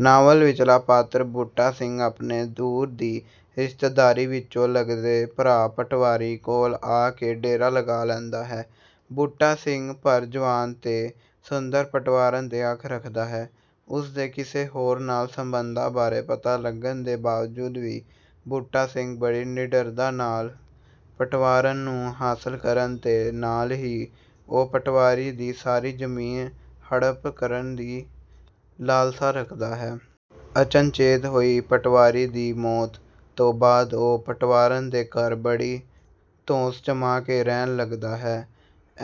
Novel ਵਿੱਚਲਾ ਪਾਤਰ ਬੂਟਾ ਸਿੰਘ ਆਪਣੇ ਦੂਰ ਦੀ ਰਿਸ਼ਤੇਦਾਰੀ ਵਿੱਚੋਂ ਲਗਦੇ ਭਰਾ ਪਟਵਾਰੀ ਕੋਲ ਆ ਕੇ ਡੇਰਾ ਲਗਾ ਲੈਂਦਾ ਹੈ। ਬੂਟਾ ਸਿੰਘ ਭਰ ਜੁਆਨ ਤੇ ਸੁੰਦਰ ਪਟਵਾਰਨ ਤੇ ਅੱਖ ਰੱਖਦਾ ਹੈ। ਉਸਦੇ ਕਿਸੇ ਹੋਰ ਨਾਲ ਸਬੰਧਾਂ ਬਾਰੇ ਪਤਾ ਲੱਗਣ ਦੇ ਬਾਵਜੂਦ ਵੀ ਬੂਟਾ ਸਿੰਘ ਬੜੀ ਨਿੱਡਰਤਾ ਨਾਲ ਪਟਵਾਰਨ ਨੂੰ ਹਾਸਲ ਕਰਨ ਤੇ ਨਾਲ ਹੀ ਉਹ ਪਟਵਾਰੀ ਦੀ ਸਾਰੀ ਜ਼ਮੀਨ ਹੜੱਪ ਕਰਨ ਦੀ ਲਾਲਸਾ ਰੱਖਦਾ ਹੈ। ਅਚਨਚੇਤ ਹੋਈ ਪਟਵਾਰੀ ਦੀ ਮੌਤ ਤੋਂ ਬਾਅਦ ਉਹ ਪਟਵਾਰਨ ਦੇ ਘਰ ਬੜੀ ਧੌਂਸ ਜਮਾ ਕੇ ਰਹਿਣ ਲੱਗਦਾ ਹੈ।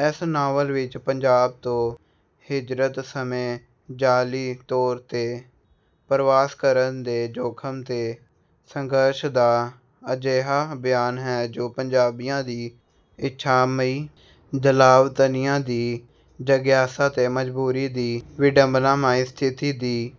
ਇਸ ਨਾਵਲ ਵਿੱਚ ਪੰਜਾਬ ਤੋਂ ਹਿਜ਼ਰਤ ਸਮੇਂ ਜਾਅਲੀ ਤੌਰ ਤੇ ਪਰਵਾਸ ਕਰਨ ਦੇ ਜੋਖਮ ਤੇ ਸੰਘਰਸ਼ ਦਾ ਅਜਿਹਾ ਬਿਆਨ ਹੈ ਜੋ ਪੰਜਾਬੀਆਂ ਦੀ ਇੱਛਾਮਈ ਜਲਾਵਤਨੀ ਦੀ ਜਗਿਆਸਾ ਤੇ ਮਜ਼ਬੂਰੀ ਦੀ ਵਿੰਡਬਨਾਮਈ ਸਥਿਤੀ ਦੀ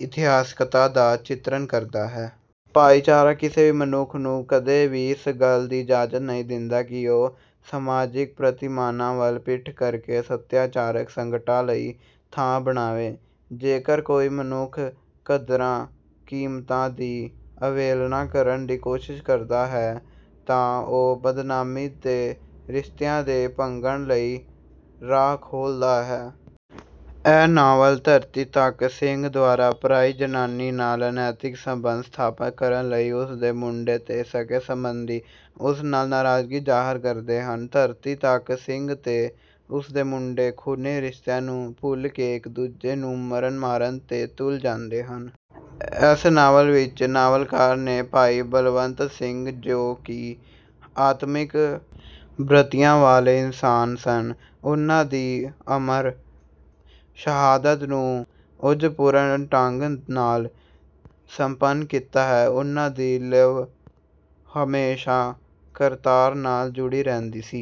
ਇਤਿਹਾਸਕਤਾ ਦਾ ਚਿਤਰਨ ਕਰਦਾ ਹੈ। ਭਾਈਚਾਰਾ ਕਿਸੇ ਵੀ ਮਨੁੱਖ ਨੂੰ ਕਦੇ ਵੀ ਇਸ ਗੱਲ ਦੀ ਇਜ਼ਾਜਤ ਨਹੀਂ ਦਿੰਦਾ ਕਿ ਉਹ ਸਮਾਜਿਕ ਪ੍ਰਤੀਮਾਨਾਂ ਵੱਲ ਪਿੱਠ ਕਰਕੇ ਸੱਭਿਆਚਾਰਕ ਸੰਕਟਾਂ ਲਈ ਥਾਂ ਬਣਾਵੇ। ਜੇਕਰ ਕੋਈ ਮਨੁੱਖ ਕਦਰਾਂ ਕੀਮਤਾਂ ਦੀ ਅਵਹੇਲਨਾ ਕਰਨ ਦੀ ਕੋਸ਼ਿਸ ਕਰਦਾ ਹੈ ਤਾਂ ਉਹ ਬਦਨਾਮੀ ਤੇ ਰਿਸ਼ਤਿਆਂ ਦੇ ਭੰਗਣ ਲਈ ਰਾਹ ਖੋਲਦਾ ਹੈ। ਇਹ ਨਾਵਲ ਧਰਤੀ ਧੱਕ ਸਿੰਘ ਦੁਆਰਾ ਪਰਾਈ ਜਨਾਨੀ ਨਾਲ ਅਨੈਤਿਕ ਸਬੰਧ ਸਥਾਪਤ ਕਰਨ ਨਾਲ ਉਸ ਦੇ ਮੁੰਡੇ ਤੇ ਸਕੇ ਸੰਬੰਧੀ ਉਸ ਨਾਲ ਨਰਾਜ਼ਗੀ ਜਾਹਰ ਕਰਦੇ ਹਨ। ਧਰਤੀ ਧੱਕ ਸਿੰਘ ਤੇ ਉਸਦੇ ਮੁੰਡੇ ਖੂਨੀ ਰਿਸ਼ਤਿਆਂ ਨੂੰ ਭੁੱਲ ਕੇ ਇੱਕ ਦੂਜੇ ਨੂੰ ਮਰਨ ਮਾਰਨ ਤੇ ਤੁੱਲ ਜਾਂਦੇ ਹਨ। ਇਸ ਨਾਵਲ ਵਿੱਚ ਨਾਵਲਕਾਰ ਨੇ ਭਾਈ ਬਲਵੰਤ ਸਿੰਘ ਜੋ ਕਿ ਆਤਮਿਕ ਬ੍ਰਿਤੀਆਂ ਵਾਲੇ ਇਨਸਾਨ ਸਨ। ਉਨ੍ਹਾਂ ਦੀ ਅਮਰ ਸ਼ਹਾਦਤ ਨੂੰ ਓਜਪੂਰਨ ਢੰਗ ਨਾਲ ਸੰਪੰਨ ਕੀਤਾ ਹੈ। ਉਨ੍ਹਾਂ ਦੀ ਲਿਵ ਹਮੇਸ਼ਾ ਕਰਤਾਰ ਨਾਲ ਜੁੜੀ ਰਹਿੰਦੀ ਸੀ।